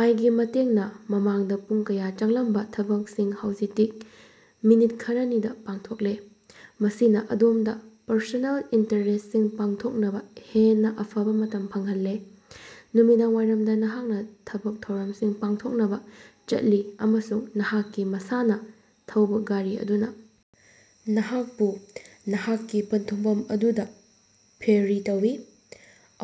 ꯑꯥꯏ ꯒꯤ ꯃꯇꯦꯡꯅ ꯃꯃꯥꯡꯗ ꯄꯨꯡ ꯀꯌꯥ ꯆꯪꯂꯝꯕ ꯊꯕꯛꯁꯤꯡ ꯍꯧꯖꯤꯛꯇꯤ ꯃꯤꯅꯤꯠ ꯈꯔꯅꯤꯗ ꯄꯥꯡꯊꯣꯛꯂꯦ ꯃꯁꯤꯅ ꯑꯗꯣꯝꯗ ꯄꯔꯁꯣꯅꯦꯜ ꯏꯟꯇꯔꯦꯁꯁꯤꯡ ꯄꯥꯡꯊꯣꯛꯅꯕ ꯍꯦꯟꯅ ꯑꯐꯕ ꯃꯇꯝ ꯐꯪꯍꯜꯂꯦ꯫ ꯅꯨꯃꯤꯗꯥꯡꯋꯥꯏꯔꯝꯗ ꯅꯍꯥꯛꯅ ꯊꯕꯛ ꯊꯧꯔꯝꯁꯤꯡ ꯄꯥꯡꯊꯣꯛꯅꯕ ꯆꯠꯂꯤ ꯑꯃꯁꯨꯡ ꯅꯍꯥꯛꯀꯤ ꯃꯁꯥꯅ ꯊꯧꯕ ꯒꯥꯔꯤ ꯑꯗꯨꯅ ꯅꯍꯥꯛꯄꯨ ꯅꯍꯥꯛꯀꯤ ꯄꯟꯊꯨꯡꯐꯝ ꯑꯗꯨꯗ ꯐꯦꯔꯤ ꯇꯧꯏ꯫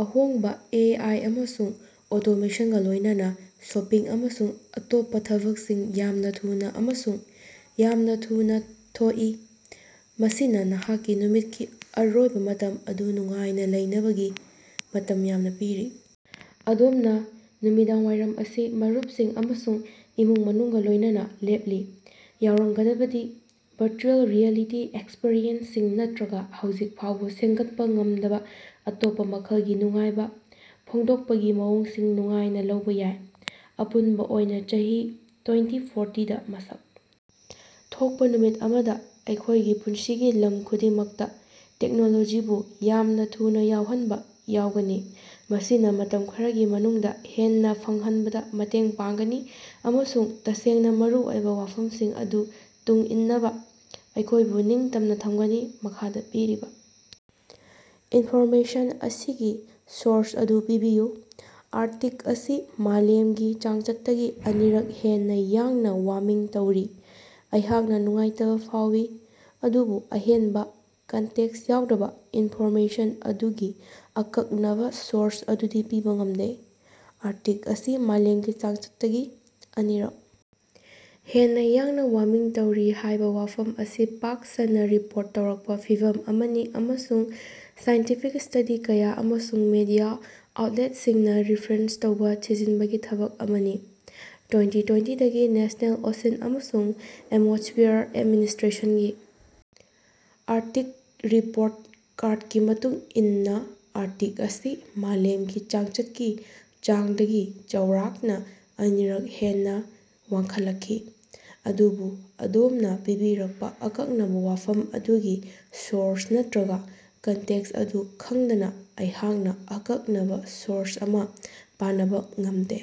ꯑꯍꯣꯡꯕ ꯑꯦ ꯑꯥꯏ ꯑꯃꯁꯨꯡ ꯑꯣꯇꯣꯃꯦꯁꯟꯒ ꯂꯣꯏꯅꯅ ꯁꯣꯄꯤꯡ ꯑꯃꯁꯨꯡ ꯑꯇꯣꯞꯄ ꯊꯕꯛꯁꯤꯡ ꯌꯥꯝꯅ ꯊꯨꯅꯥ ꯑꯃꯁꯨꯡ ꯌꯥꯝꯅ ꯊꯨꯅꯥ ꯊꯣꯛꯏ ꯃꯁꯤꯅ ꯅꯍꯥꯛꯀꯤ ꯅꯨꯃꯤꯠꯀꯤ ꯑꯔꯣꯏꯕ ꯃꯇꯝ ꯑꯗꯨ ꯅꯨꯡꯉꯥꯏꯅ ꯂꯧꯅꯕꯒꯤ ꯃꯇꯝ ꯌꯥꯝꯅ ꯄꯤꯔꯤ꯫ ꯑꯗꯣꯝꯅ ꯅꯨꯃꯤꯗꯥꯡꯋꯥꯏꯔꯝ ꯑꯁꯤ ꯃꯔꯨꯞꯁꯤꯡ ꯑꯃꯁꯨꯡ ꯏꯃꯨꯡ ꯃꯅꯨꯡꯒ ꯂꯣꯏꯅꯅ ꯂꯦꯞꯂꯤ ꯌꯥꯎꯔꯝꯒꯗꯕꯗꯤ ꯚꯔꯆꯨꯑꯦꯜ ꯔꯤꯌꯦꯂꯤꯇꯤ ꯑꯦꯛꯁꯄꯔꯤꯌꯦꯟꯁꯁꯤꯡ ꯅꯠꯇ꯭ꯔꯒ ꯍꯧꯖꯤꯛ ꯐꯥꯎꯕ ꯁꯦꯝꯒꯠꯄ ꯉꯝꯗꯕ ꯑꯇꯣꯞꯄ ꯃꯈꯜꯒꯤ ꯅꯨꯡꯉꯥꯏꯕ ꯐꯣꯡꯗꯣꯛꯄꯒꯤ ꯃꯑꯣꯡꯁꯤꯡ ꯅꯨꯡꯉꯥꯏꯅ ꯂꯧꯕ ꯌꯥꯏ꯫ ꯑꯄꯨꯟꯕ ꯑꯣꯏꯅ ꯆꯍꯤ ꯇꯣꯏꯟꯇꯤ ꯐꯣꯔꯇꯤ ꯗ ꯃꯁꯛ ꯊꯣꯛꯄ ꯅꯨꯃꯤꯠ ꯑꯃꯗ ꯑꯩꯈꯣꯏꯒꯤ ꯄꯨꯟꯁꯤꯒꯤ ꯂꯝ ꯈꯨꯗꯤꯡꯃꯛꯇ ꯇꯦꯛꯅꯣꯂꯣꯖꯤꯕꯨ ꯌꯥꯝꯅ ꯊꯨꯅꯥ ꯌꯥꯎꯍꯟꯕ ꯌꯥꯎꯒꯅꯤ ꯃꯁꯤꯅ ꯃꯇꯝ ꯈꯔꯒꯤ ꯃꯅꯨꯡꯗ ꯍꯦꯟꯅ ꯐꯪꯍꯟꯕꯗ ꯃꯇꯦꯡ ꯄꯥꯡꯒꯅꯤ ꯑꯃꯁꯨꯡ ꯇꯁꯦꯡꯅ ꯃꯔꯨ ꯑꯣꯏꯕ ꯋꯥꯐꯝꯁꯤꯡ ꯑꯗꯨ ꯇꯨꯡ ꯏꯟꯅꯕ ꯑꯩꯈꯣꯏꯕꯨ ꯅꯤꯡꯇꯝꯅ ꯊꯝꯒꯅꯤ꯫ ꯃꯈꯥꯗ ꯄꯤꯔꯤꯕ ꯏꯟꯐꯣꯔꯃꯦꯁꯟ ꯑꯁꯤꯒꯤ ꯁꯣꯔꯁ ꯑꯗꯨ ꯄꯟꯕꯤꯌꯨ꯫ ꯑꯥꯔꯇꯤꯛ ꯑꯁꯤ ꯃꯥꯂꯦꯝꯒꯤ ꯆꯥꯡꯆꯠꯇꯒꯤ ꯑꯅꯤꯔꯛ ꯍꯦꯟꯅ ꯌꯥꯡꯅ ꯋꯥꯔꯃꯤꯡ ꯇꯧꯔꯤ꯫ ꯑꯩꯍꯥꯛꯅ ꯅꯨꯡꯉꯥꯏꯇꯕ ꯐꯥꯎꯏ ꯑꯗꯨꯕꯨ ꯑꯍꯦꯟꯕ ꯀꯟꯇꯦꯛꯁ ꯌꯥꯎꯗꯅ ꯏꯟꯐꯣꯔꯃꯦꯁꯟ ꯑꯗꯨꯒꯤ ꯑꯀꯛꯅꯕ ꯁꯣꯔꯁ ꯑꯗꯨꯗꯤ ꯄꯤꯕ ꯉꯝꯗꯦ꯫ ꯑꯔꯇꯤꯛ ꯑꯁꯤ ꯃꯥꯂꯦꯝꯒꯤ ꯆꯥꯡꯆꯠꯇꯒꯤ ꯑꯅꯤꯔꯛ ꯍꯦꯟꯅ ꯌꯥꯡꯅ ꯋꯥꯔꯃꯤꯡ ꯇꯧꯔꯤ ꯍꯥꯏꯕ ꯋꯥꯐꯝ ꯑꯁꯤ ꯄꯥꯛ ꯁꯟꯅ ꯔꯤꯄꯣꯔꯠ ꯇꯧꯔꯛꯄ ꯐꯤꯚꯝ ꯑꯃꯅꯤ ꯑꯃꯁꯨꯡ ꯁꯥꯏꯟꯇꯤꯐꯤꯛ ꯁꯇꯗꯤ ꯀꯌꯥ ꯑꯃꯁꯨꯡ ꯃꯤꯗꯤꯌꯥ ꯑꯥꯎꯠꯂꯦꯠꯁꯤꯡꯅ ꯔꯤꯐꯔꯦꯟꯁ ꯇꯧꯕ ꯊꯤꯖꯤꯟꯕꯒꯤ ꯊꯕꯛ ꯑꯃꯅꯤ꯫ ꯇꯣꯏꯟꯇꯤ ꯇꯣꯏꯟꯇꯤ ꯗꯒꯤ ꯅꯦꯁꯅꯦꯜ ꯑꯣꯁꯤꯟ ꯑꯃꯁꯨꯡ ꯑꯦꯠꯃꯣꯁꯐꯤꯌꯔ ꯑꯦꯠꯃꯤꯅꯤꯁꯇ꯭ꯔꯦꯁꯟꯒꯤ ꯑꯥꯔꯇꯤꯛ ꯔꯤꯄꯣꯔꯠ ꯀꯥꯔꯠꯀꯤ ꯃꯇꯨꯡ ꯏꯟꯅ ꯑꯥꯔꯇꯤꯛ ꯑꯁꯤ ꯃꯥꯂꯦꯝꯒꯤ ꯆꯥꯡꯆꯠꯀꯤ ꯆꯥꯡꯗꯒꯤ ꯆꯥꯎꯔꯥꯛꯅ ꯑꯅꯤꯔꯛ ꯍꯦꯟꯅ ꯋꯥꯡꯈꯠꯂꯛꯈꯤ꯫ ꯑꯗꯨꯕꯨ ꯑꯗꯣꯝꯅ ꯄꯤꯕꯤꯔꯛꯄ ꯑꯀꯛꯅꯕ ꯋꯥꯐꯝ ꯑꯗꯨꯒꯤ ꯁꯣꯔꯁ ꯅꯠꯇ꯭ꯔꯒ ꯀꯟꯇꯦꯛꯁ ꯑꯗꯨ ꯈꯪꯗꯅ ꯑꯩꯍꯥꯛꯅ ꯑꯀꯛꯅꯕ ꯁꯣꯔꯁ ꯑꯃ ꯄꯅꯕꯥ ꯉꯃꯗꯦ꯫